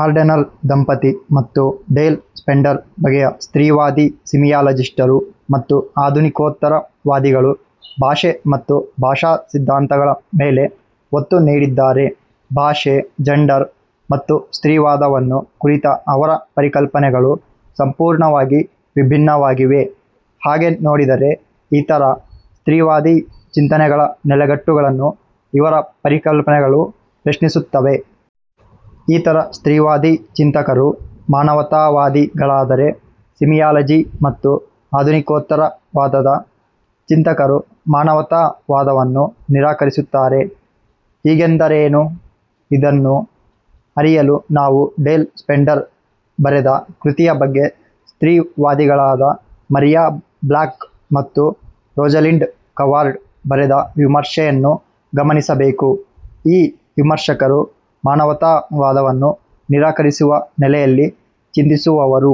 Ardener ದಂಪತಿ ಮತ್ತು Dale Splendor ಬಗೆಯ ಸ್ತ್ರೀವಾದಿ ಸೀಮಿಯಾಲಜಿಸ್ಟರು ಮತ್ತು ಆಧುನಿಕೋತ್ತರ ವಾದಿಗಳು ಭಾಷೆ ಮತ್ತು ಭಾಷಾಸಿದ್ಧಾಂತಗಳ ಮೇಲೆ ಒತ್ತು ನೀಡಿದ್ದಾರೆ. ಭಾಷೆ, ಜಂಡರ್ ಮತ್ತು ಸ್ತ್ರೀವಾದವನ್ನು ಕುರಿತ ಅವರ ಪರಿಕಲ್ಪನೆಗಳು ಸಂಪೂರ್ಣವಾಗಿ ವಿಭಿನ್ನವಾಗಿವೆ. ಹಾಗೆ ನೋಡಿದರೆ, ಇತರ ಸ್ತ್ರೀವಾದಿ ಚಿಂತನೆಗಳ ನೆಲೆಗಟ್ಟುಗಳನ್ನು ಇವರ ಪರಿಕಲ್ಪನೆಗಳು ಪ್ರಶ್ನಿಸುತ್ತವೆ. ಇತರ ಸ್ತ್ರೀವಾದಿ ಚಿಂತಕರು ''ಮಾನವತಾವಾದಿ''ಗಳಾದರೆ, ಸೀಮಿಯಾಲಜಿ ಮತ್ತು ಆಧುನಿಕೋತ್ತರ ವಾದದ ಚಿಂತಕರು ಮಾನವತಾ ವಾದವನ್ನು ನಿರಾಕರಿಸುತ್ತಾರೆ. ಹೀಗೆಂದರೇನು? ಇದನ್ನು ಅರಿಯಲು ನಾವು ಡೇಲ್ ಸ್ಪೆಂಡರ್ ಬರೆದ ಕೃತಿಯ ಬಗ್ಗೆ ಸ್ತ್ರೀ ವಾದಿಗಳಾದ ಮರಿಯಾ ಬ್ಲಾಕ್ ಮತ್ತು ರೋಜಲಿಂಡ್ ಕವಾರ್ಡ್ ಬರೆದ ವಿಮರ್ಶೆಯನ್ನು ಗಮನಿಸಬೇಕು. ಈ ವಿಮರ್ಶಕರು ಮಾನವತಾ ವಾದವನ್ನು ನಿರಾಕರಿಸುವ ನೆಲೆಯಲ್ಲಿ ಚಿಂತಿಸುವವರು.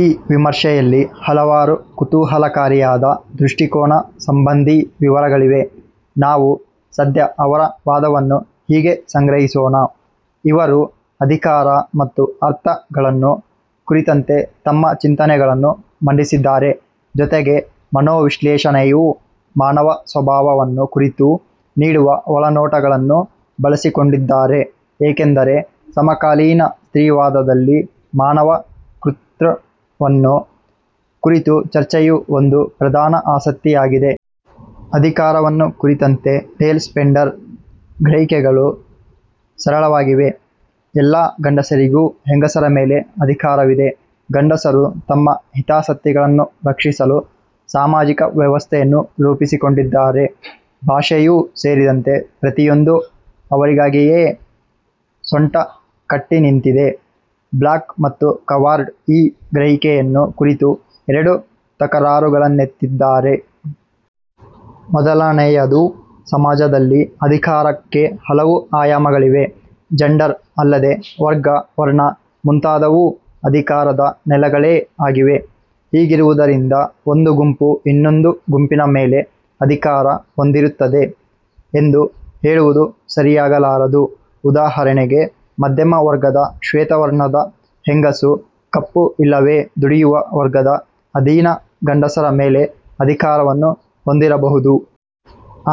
ಈ ವಿಮರ್ಶೆಯಲ್ಲಿ ಹಲವಾರು ಕುತೂಹಲಕಾರಿಯಾದ ದೃಷ್ಟಿಕೋನ ಸಂಬಂಧಿ ವಿವರಗಳಿವೆ. ನಾವು ಸದ್ಯ ಅವರ ವಾದವನ್ನು ಹೀಗೆ ಸಂಗ್ರಹಿಸೋಣ. ಇವರು ''ಅಧಿಕಾರ'' ಮತ್ತು ''ಅರ್ಥ''ಗಳನ್ನು ಕುರಿತಂತೆ ತಮ್ಮ ಚಿಂತನೆಗಳನ್ನು ಮಂಡಿಸಿದ್ದಾರೆ. ಜೊತೆಗೆ ಮನೋವಿಶ್ಲೇಷಣೆಯು ಮಾನವ ಸ್ವಭಾವವನ್ನು ಕುರಿತು ನೀಡುವ ಒಳನೋಟಗಳನ್ನು ಬಳಸಿಕೊಂಡಿದ್ದಾರೆ. ಏಕೆಂದರೆ, ಸಮಕಾಲೀನ ಸ್ತ್ರೀವಾದದಲ್ಲಿ ಮಾನವ ''ಕರ್ತೃ''ವನ್ನು ಕುರಿತ ಚರ್ಚೆಯು ಒಂದು ಪ್ರಧಾನ ಆಸಕ್ತಿಯಾಗಿದೆ. ಅಧಿಕಾರವನ್ನು ಕುರಿತಂತೆ ಡೇಲ್ ಸ್ಪೆಂಡರ್ ಗ್ರಹಿಕೆಗಳು ಸರಳವಾಗಿವೆ. ಎಲ್ಲ ಗಂಡಸರಿಗೂ ಹೆಂಗಸರ ಮೇಲೆ ಅಧಿಕಾರವಿದೆ. ಗಂಡಸರು ತಮ್ಮ ಹಿತಾಸಕ್ತಿಗಳನ್ನು ರಕ್ಷಿಸಲು ಸಾಮಾಜಿಕ ವ್ಯವಸ್ಥೆಯನ್ನು ರೂಪಿಸಿಕೊಂಡಿದ್ದಾರೆ. ಭಾಷೆಯೂ ಸೇರಿದಂತೆ ಪ್ರತಿಯೊಂದೂ ಅವರಿಗಾಗಿಯೇ ಸೊಂಟ ಕಟ್ಟಿ ನಿಂತಿದೆ. ಬ್ಲಾಕ್ ಮತ್ತು ಕವಾರ್ಡ್ ಈ ಗ್ರಹಿಕೆಯನ್ನು ಕುರಿತು ಎರಡು ತಕರಾರುಗಳನ್ನೆತ್ತಿದ್ದಾರೆ. ಮೊದಲನೆಯದು, ಸಮಾಜದಲ್ಲಿ ಅಧಿಕಾರಕ್ಕೆ ಹಲವು ಆಯಾಮಗಳಿವೆ. ಜಂಡರ್ ಅಲ್ಲದೆ ವರ್ಗ, ವರ್ಣ ಮುಂತಾದವೂ ಅಧಿಕಾರದ ನೆಲೆಗಳೇ ಆಗಿವೆ. ಹೀಗಿರುವುದರಿಂದ, ಒಂದು ಗುಂಪು ಇನ್ನೊಂದು ಗುಂಪಿನ ಮೇಲೆ ಅಧಿಕಾರ ಹೊಂದಿರುತ್ತದೆ. ಎಂದು ಹೇಳುವುದು ಸರಿಯಾಗಲಾರದು. ಉದಾಹರಣೆಗೆ, ಮಧ್ಯಮ ವರ್ಗದ ಶ್ವೇತವರ್ಣದ ಹೆಂಗಸು ಕಪ್ಪು ಇಲ್ಲವೇ ದುಡಿಯುವ ವರ್ಗದ ಅಧೀನ ಗಂಡಸರ ಮೇಲೆ ಅಧಿಕಾರವನ್ನು ಹೊಂದಿರಬಹುದು.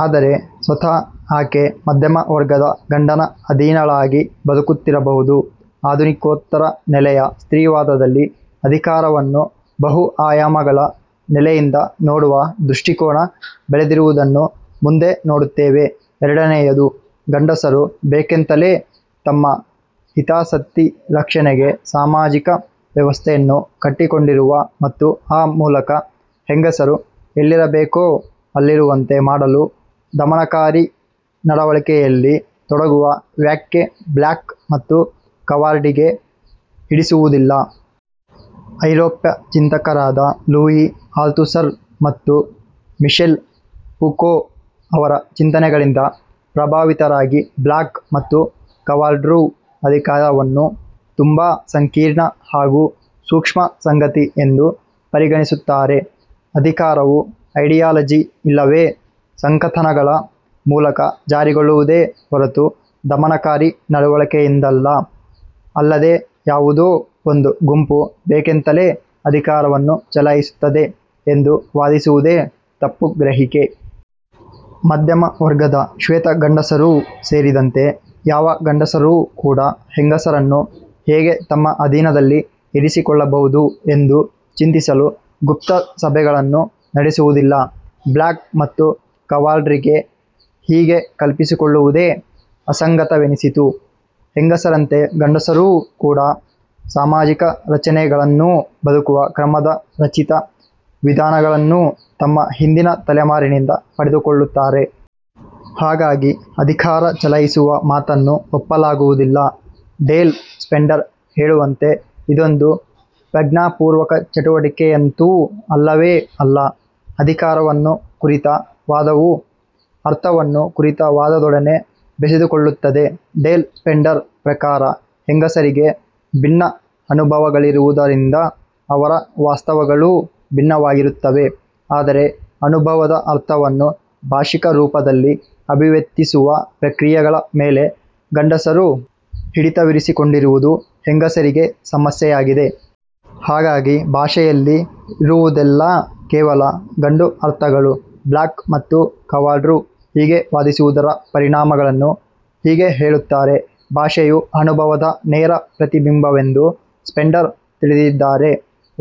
ಆದರೆ ಸ್ವತಃ ಆಕೆ ಮಧ್ಯಮ ವರ್ಗದ ಗಂಡನ ಅಧೀನಳಾಗಿ ಬದುಕುತ್ತಿರಬಹುದು. ಆಧುನಿಕೋತ್ತರ ನೆಲೆಯ ಸ್ತ್ರೀವಾದದಲ್ಲಿ ಅಧಿಕಾರವನ್ನು ಬಹು ಆಯಾಮಗಳ ನೆಲೆಯಿಂದ ನೋಡುವ ದೃಷ್ಟಿಕೋನ ಬೆಳೆದಿರುವುದನ್ನು ಮುಂದೆ ನೋಡುತ್ತೇವೆ. ಎರಡನೆಯದು, ಗಂಡಸರು ಬೇಕೆಂತಲೇ ತಮ್ಮ ಹಿತಾಸಕ್ತಿ ರಕ್ಷಣೆಗೆ ಸಾಮಾಜಿಕ ವ್ಯವಸ್ಥೆಯನ್ನು ಕಟ್ಟಿಕೊಂಡಿರುವ ಮತ್ತು ಆ ಮೂಲಕ ಹೆಂಗಸರು ಎಲ್ಲಿರಬೇಕೋ ಅಲ್ಲಿರುವಂತೆ ಮಾಡಲು ದಮನಕಾರಿ ನಡವಳಿಕೆಯಲ್ಲಿ ತೊಡಗುವ ವ್ಯಾಖ್ಯೆ ಬ್ಲಾಕ್ ಮತ್ತು ಕವಾರ್ಡ್ರಿಗೆ ಹಿಡಿಸುವುದಿಲ್ಲ. ಐರೋಪ್ಯ ಚಿಂತಕರಾದ ಲೂಯಿ ಆಲ್ತುಸರ್ ಮತ್ತು ಮಿಶೆಲ್ ಪೂಕೋ ಅವರ ಚಿಂತನೆಗಳಿಂದ ಪ್ರಭಾವಿತರಾಗಿ ಬ್ಲಾಕ್ ಮತ್ತು ಕವಾರ್ಡ್ರು ಅಧಿಕಾರವನ್ನು ತುಂಬಾ ಸಂಕೀರ್ಣ ಹಾಗೂ ಸೂಕ್ಷ್ಮ ಸಂಗತಿ ಎಂದು ಪರಿಗಣಿಸುತ್ತಾರೆ. ಅಧಿಕಾರವು ಐಡಿಯಾಲಜಿ ಇಲ್ಲವೇ ಸಂಕಥನಗಳ ಮೂಲಕ ಜಾರಿಗೊಳ್ಳುವುದೇ ಹೊರತು ದಮನಕಾರಿ ನಡವಳಿಕೆಯಿಂದಲ್ಲ. ಅಲ್ಲದೆ, ಯಾವುದೋ ಒಂದು ಗುಂಪು ಬೇಕೆಂತಲೇ ಅಧಿಕಾರವನ್ನು ಚಲಾಯಿಸುತ್ತಿದೆ ಎಂದು ವಾದಿಸುವುದೇ ತಪ್ಪು ಗ್ರಹಿಕೆ. ಮಧ್ಯಮ ವರ್ಗದ ಶ್ವೇತ ಗಂಡಸರೂ ಸೇರಿದಂತೆ, ಯಾವ ಗಂಡಸರೂ ಕೂಡಾ ಹೆಂಗಸರನ್ನು ಹೇಗೆ ತಮ್ಮ ಅಧೀನದಲ್ಲಿ ಇರಿಸಿಕೊಳ್ಳಬಹುದು ಎಂದು ಚಿಂತಿಸಲು ಗುಪ್ತ ಸಭೆಗಳನ್ನು ನಡೆಸುವುದಿಲ್ಲ. ಬ್ಲಾಕ್ ಮತ್ತು ಕವಾರ್ಡ್ರಿಗೆ ಹೀಗೆ ಕಲ್ಪಿಸಿಕೊಳ್ಳುವುದೇ ಅಸಂಗತವೆನಿಸಿತು. ಹೆಂಗಸರಂತೆ ಗಂಡಸರೂ ಕೂಡಾ ಸಾಮಾಜಿಕ ರಚನೆಗಳನ್ನೂ, ಬದುಕುವ ಕ್ರಮದ ರಚಿತ ವಿಧಾನಗಳನ್ನೂ, ತಮ್ಮ ಹಿಂದಿನ ತಲೆಮಾರಿನಿಂದ ಪಡೆದುಕೊಳ್ಳುತ್ತಾರೆ. ಹಾಗಾಗಿ, ಅಧಿಕಾರ ಚಲಾಯಿಸುವ ಮಾತನ್ನು ಒಪ್ಪಲಾಗುವುದಿಲ್ಲ. ಡೇಲ್ ಸ್ಪೆಂಡರ್ ಹೇಳುವಂತೆ ಇದೊಂದು ಪ್ರಜ್ಞಾಪೂರ್ವಕ ಚಟುವಟಿಕೆಯಂತೂ ಅಲ್ಲವೇ ಅಲ್ಲ. ಅಧಿಕಾರವನ್ನು ಕುರಿತ ವಾದವು ಅರ್ಥವನ್ನು ಕುರಿತ ವಾದದೊಡನೆ ಬೆಸೆದುಕೊಳ್ಳುತ್ತದೆ. ಡೇಲ್ ಸ್ಪೆಂಡರ್ ಪ್ರಕಾರ ಹೆಂಗಸರಿಗೆ ಭಿನ್ನ ಅನುಭವಗಳಿರುವುದರಿಂದ ಅವರ ವಾಸ್ತವಗಳೂ ಭಿನ್ನವಾಗಿರುತ್ತವೆ. ಆದರೆ, ಅನುಭವದ ಅರ್ಥವನ್ನು ಭಾಷಿಕರೂಪದಲ್ಲಿ ಅಭಿವ್ಯಕ್ತಿಸುವ ಪ್ರಕ್ರಿಯೆಗಳ ಮೇಲೆ ಗಂಡಸರು ಹಿಡಿತವಿರಿಸಿಕೊಂಡಿರುವುದು ಹೆಂಗಸರಿಗೆ ಸಮಸ್ಯೆಯಾಗಿದೆ. ಹಾಗಾಗಿ, ಭಾಷೆಯಲ್ಲಿ ರುವುದೆಲ್ಲಾ ಕೇವಲ ಗಂಡು ಅರ್ಥಗಳು. ಬ್ಲಾಕ್ ಮತ್ತು ಕವಾರ್ಡ್ರು ಹೀಗೆ ವಾದಿಸುವುದರ ಪರಿಣಾಮಗಳನ್ನು ಹೀಗೆ ಹೇಳುತ್ತಾರೆ. ಭಾಷೆಯು ಅನುಭವದ ನೇರ ಪ್ರತಿಬಿಂಬವೆಂದು ಸ್ಪೆಂಡರ್ ತಿಳಿದಿದ್ದಾಳೆ.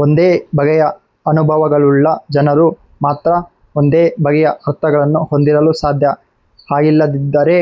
ಒಂದೇ ಬಗೆಯ ಅನುಭವಗಳುಳ್ಳ ಜನರು ಮಾತ್ರ ಒಂದೇ ಬಗೆಯ ಅರ್ಥಗಳನ್ನು ಹೊಂದಿರಲು ಸಾಧ್ಯ. ಹಾಗಿಲ್ಲದಿದ್ದರೆ,